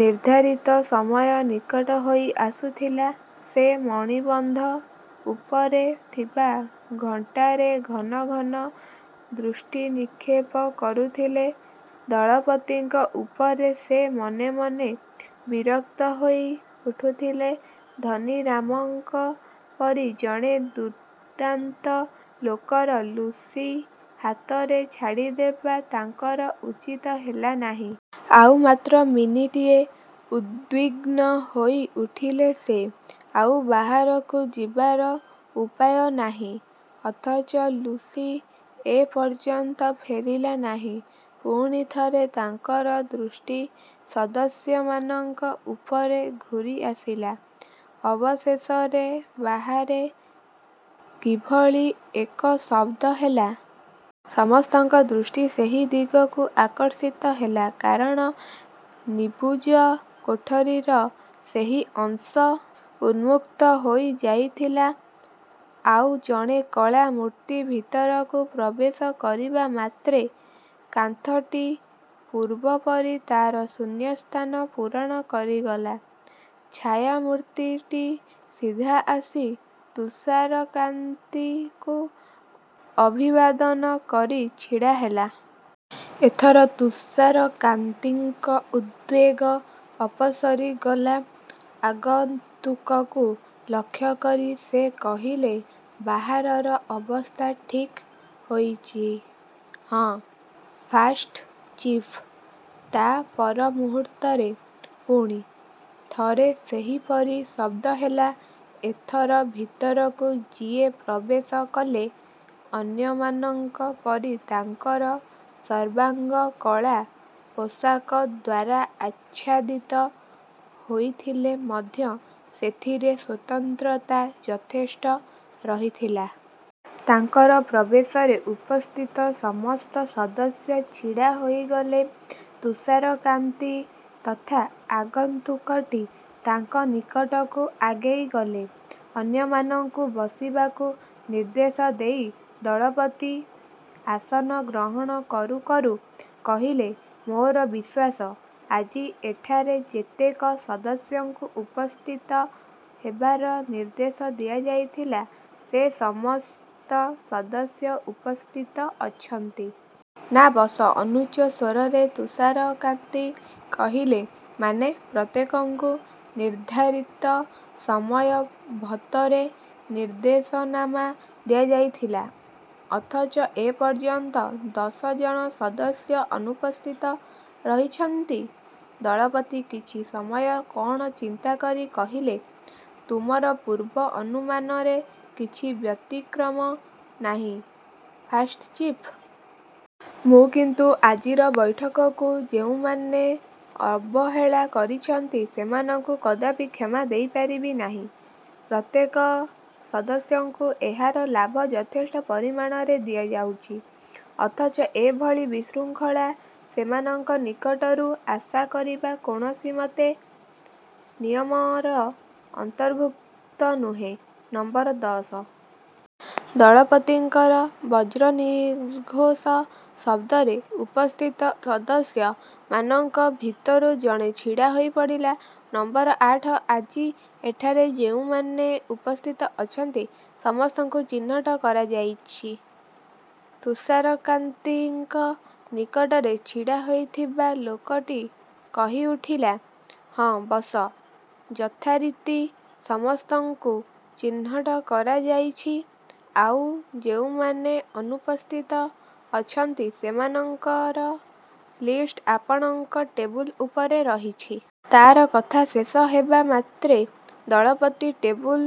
ନିର୍ଦ୍ଧାରିତ ସମୟ ନିକଟ ହୋଇ ଆସୁଥିଲା। ସେ ମଣିବନ୍ଧ ଉପରେ ଥିବା ଘଣ୍ଟାରେ ଘନ ଘନ ଦୃଷ୍ଟିନିକ୍ଷେପ କରୁଥିଲେ। ଦଳପତିଙ୍କ ଉପରେ ସେ ମନେ ମନେ ବିରକ୍ତ ହୋଇ ଉଠୁଥିଲେ। ଧନୀରାମଙ୍କ ପରି ଜଣେ ଦୁର୍ଦ୍ଦାନ୍ତ ଲୋକର ଲୁସି ହାତରେ ଛାଡ଼ିଦେବା ତାଙ୍କର ଉଚିତ ହେଲା ନାହିଁ। ଆଉ ମାତ୍ର ମିନିଟିଏ। ଉଦ୍ବିଗ୍ନ ହୋଇ ଉଠିଲେ ସେ। ଆଉ ବାହାରକୁ ଯିବାର ଉପାୟ ନାହିଁ; ଅଥଚ ଲୁସି ଏ ପର୍ଯ୍ୟନ୍ତ ଫେରିଲା ନାହିଁ। ପୁଣି ଥରେ ତାଙ୍କର ଦୃଷ୍ଟି ସଦସ୍ୟମାନଙ୍କ ଉପରେ ଘୁରି ଆସିଲା। ଅବଶେଷରେ ବାହାରେ କି ଭଳି ଏକ ଶବ୍ଦ ହେଲା। ସମସ୍ତଙ୍କ ଦୃଷ୍ଟି ସେହି ଦିଗକୁ ଆକର୍ଷିତ ହେଲା। କାରଣ ନିବୁଜ କୋଠରିର ସେହି ଅଂଶ ଉନ୍ମୁକ୍ତ ହୋଇ ଯାଇଥିଲା, ଆଉ ଜଣେ କଳା ମୂର୍ତ୍ତି ଭିତରକୁ ପ୍ରବେଶ କରିବା ମାତ୍ରେ କାନ୍ଥଟି ପୂର୍ବ ପରି ତାର ଶୂନ୍ୟସ୍ଥାନ ପୂରଣ କରିଗଲା-। ଛାୟାମୂର୍ତ୍ତିଟି ସିଧା ଆସି ତୁଷାରକାନ୍ତିଙ୍କୁ ଅଭିବାଦନ କରି ଛିଡ଼ା ହେଲା। ଏ ଥର ତୁଷାରକାନ୍ତିଙ୍କ ଉଦ୍ବେଗ ଅପସରି ଗଲା। ଆଗନ୍ତୁକକୁ ଲକ୍ଷ୍ୟ କରି ସେ କହିଲେ-ବାହାରର ବ୍ୟବସ୍ଥା ଠିକ୍ ହୋଇଛି? ହଁ, ଫାଷ୍ଟ ଚିଫ୍। ତା ପରମୁହୂର୍ତ୍ତରେ ପୁଣି। ଥରେ ସେହିପରି ଶବ୍ଦ ହେଲା। ଏଥର ଭିତରକୁ ଯିଏ ପ୍ରବେଶ କଲେ, ଅନ୍ୟମାନଙ୍କ ପରି ତାଙ୍କର ସର୍ବାଙ୍ଗ କଳା ପୋଷାକ ଦ୍ୱାରା ଆଚ୍ଛାଦିତ ହୋଇଥିଲେ ମଧ୍ୟ ସେଥିରେ ସ୍ୱତନ୍ତ୍ରତା ଯଥେଷ୍ଟ ରହିଥିଲା। ତାଙ୍କର ପ୍ରବେଶରେ ଉପସ୍ଥିତ ସମସ୍ତ ସଦସ୍ୟ ଛିଡ଼ା ହୋଇଗଲେ। ତୁଷାରକାନ୍ତି ତଥା ଆଗନ୍ତୁକଟି ତାଙ୍କ ନିକଟକୁ ଆଗେଇ ଗଲେ। ଅନ୍ୟମାନଙ୍କୁ ବସିବାକୁ ନିର୍ଦ୍ଦେଶ ଦେଇ ଦଳପତି ଆସନ ଗ୍ରହଣ କରୁ କରୁ କହିଲେ-ମୋର ବିଶ୍ୱାସ, ଆଜି ଏଠାରେ ଯେତେକ ସଦସ୍ୟଙ୍କୁ ଉପସ୍ଥିତ ହେବାର ନିର୍ଦ୍ଦେଶ ଦିଆଯାଇଥିଲା, ସେ ସମସ୍ତ ସଦସ୍ୟ ଉପସ୍ଥିତ ଅଛନ୍ତି। ନା, ବସ। -ଅନୁଚ୍ଚ ସ୍ୱରରେ ତୁଷାରକାନ୍ତି କହିଲେ। ମାନେ? ପ୍ରତ୍ୟେକଙ୍କୁ ନିର୍ଦ୍ଧାରିତ ସମୟ ଭତରେ ନିର୍ଦ୍ଦେଶନାମା ଦିଆଯାଇଥିଲା; ଅଥଚ ଏ ପର୍ଯ୍ୟନ୍ତ ଦଶ ଜଣ ସଦସ୍ୟ ଅନୁପସ୍ଥିତ ରହିଛନ୍ତି। ଦଳପତି କିଛି ସମୟ କଣ ଚିନ୍ତା କରି କହିଲେ-ତୁମର ପୂର୍ବ ଅନୁମାନରେ କିଛି ବ୍ୟତିକ୍ରମ ନାହିଁ, ଫାଷ୍ଟ ଚିଫ୍। ମୁ କିନ୍ତୁ ଆଜିର ବୈଠକକୁ ଯେଉଁମାନେ ଅବହେଳା କରିଛନ୍ତି, ସେମାନଙ୍କୁ କଦାପି କ୍ଷମା ଦେଇପାରିବି ନାହିଁ। ପ୍ରତ୍ୟେକ ସଦସ୍ୟଙ୍କୁ ଏହାର ଲାଭ ଯଥେଷ୍ଟ ପରିମାଣରେ ଦିଆଯାଉଛି; ଅଥଚ ଏ ଭଳି ବିଶୃଙ୍ଖଳା ସେମାନଙ୍କ ନିକଟରୁ ଆଶା କରିବା କୌଣସିମତେ ନିୟମର ଅନ୍ତର୍ଭୁକ୍ତ ନୁହେଁ। ନମ୍ବର ଦଶ! ଦଳପତିଙ୍କର ବଜ୍ରନିର୍ଘୋଷ ଶବ୍ଦରେ ଉପସ୍ଥିତ ସଦସ୍ୟ ମାନଙ୍କ ଭିତରୁ ଜଣେ ଛିଡ଼ା ହୋଇପଡ଼ିଲା। ନମ୍ବର ଆଠ, ଆଜି ଏଠାରେ ଯେଉଁମାନେ ଉପସ୍ଥିତ ଅଛନ୍ତି ସମସ୍ତଙ୍କୁ ଚିହ୍ନଟ କରାଯାଇଛି? ତୁଷାରକାନ୍ତିଙ୍କ ନିକଟରେ ଛିଡ଼ା ହୋଇଥିବା ଲୋକଟି କହି ଉଠିଲା-ହଁ, ବସ। ଯଥାରୀତି ସମସ୍ତଙ୍କୁ ଚିହ୍ନଟ କରାଯାଇଛି, ଆଉ ଯେଉଁମାନେ ଅନୁପସ୍ଥିତ ଅଛନ୍ତି, ସେମାନଙ୍କର ଲିଷ୍ଟ ଆପଣଙ୍କର ଟେବୁଲ ଉପରେ ରହିଛି। ତାର କଥା ଶେଷ ହେବ ମାତ୍ରେ ଦଳପତି ଟେବୁଲ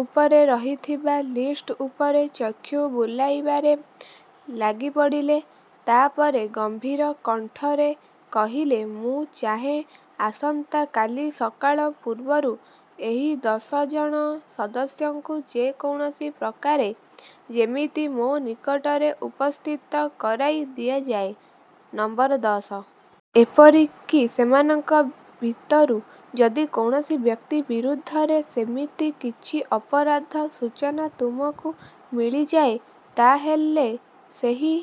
ଉପରେ ରହିଥିବା ଲିଷ୍ଟ ଉପରେ ଚକ୍ଷୁ ବୁଲାଇବାରେ ଲାଗିପଡ଼ିଲେ। ତା ପରେ ଗମ୍ଭୀର କଣ୍ଠରେ କହିଲେ-''ମୁଁ ଚାହେଁ ଆସନ୍ତା କାଲି ସକାଳ ପୂର୍ବରୁ ଏହି ଦଶ ଜଣ ସଦସ୍ୟଙ୍କୁ ଯେ କୌଣସି ପ୍ରକାରେ ଯେମିତି ମୋ ନିକଟରେ ଉପସ୍ଥିତ କରାଇ ଦିଆଯାଏ, ନମ୍ବର ଦଶ। ଏପରିକି ସେମାନଙ୍କ ଭିତରୁ ଯଦି କୌଣସି ବ୍ୟକ୍ତି ବିରୁଦ୍ଧରେ ସେମିତି କିଛି ଅପରାଧର ସୂଚନା ତୁମକୁ ମିଳିଯାଏ, ତା ହେଲେ ସେହି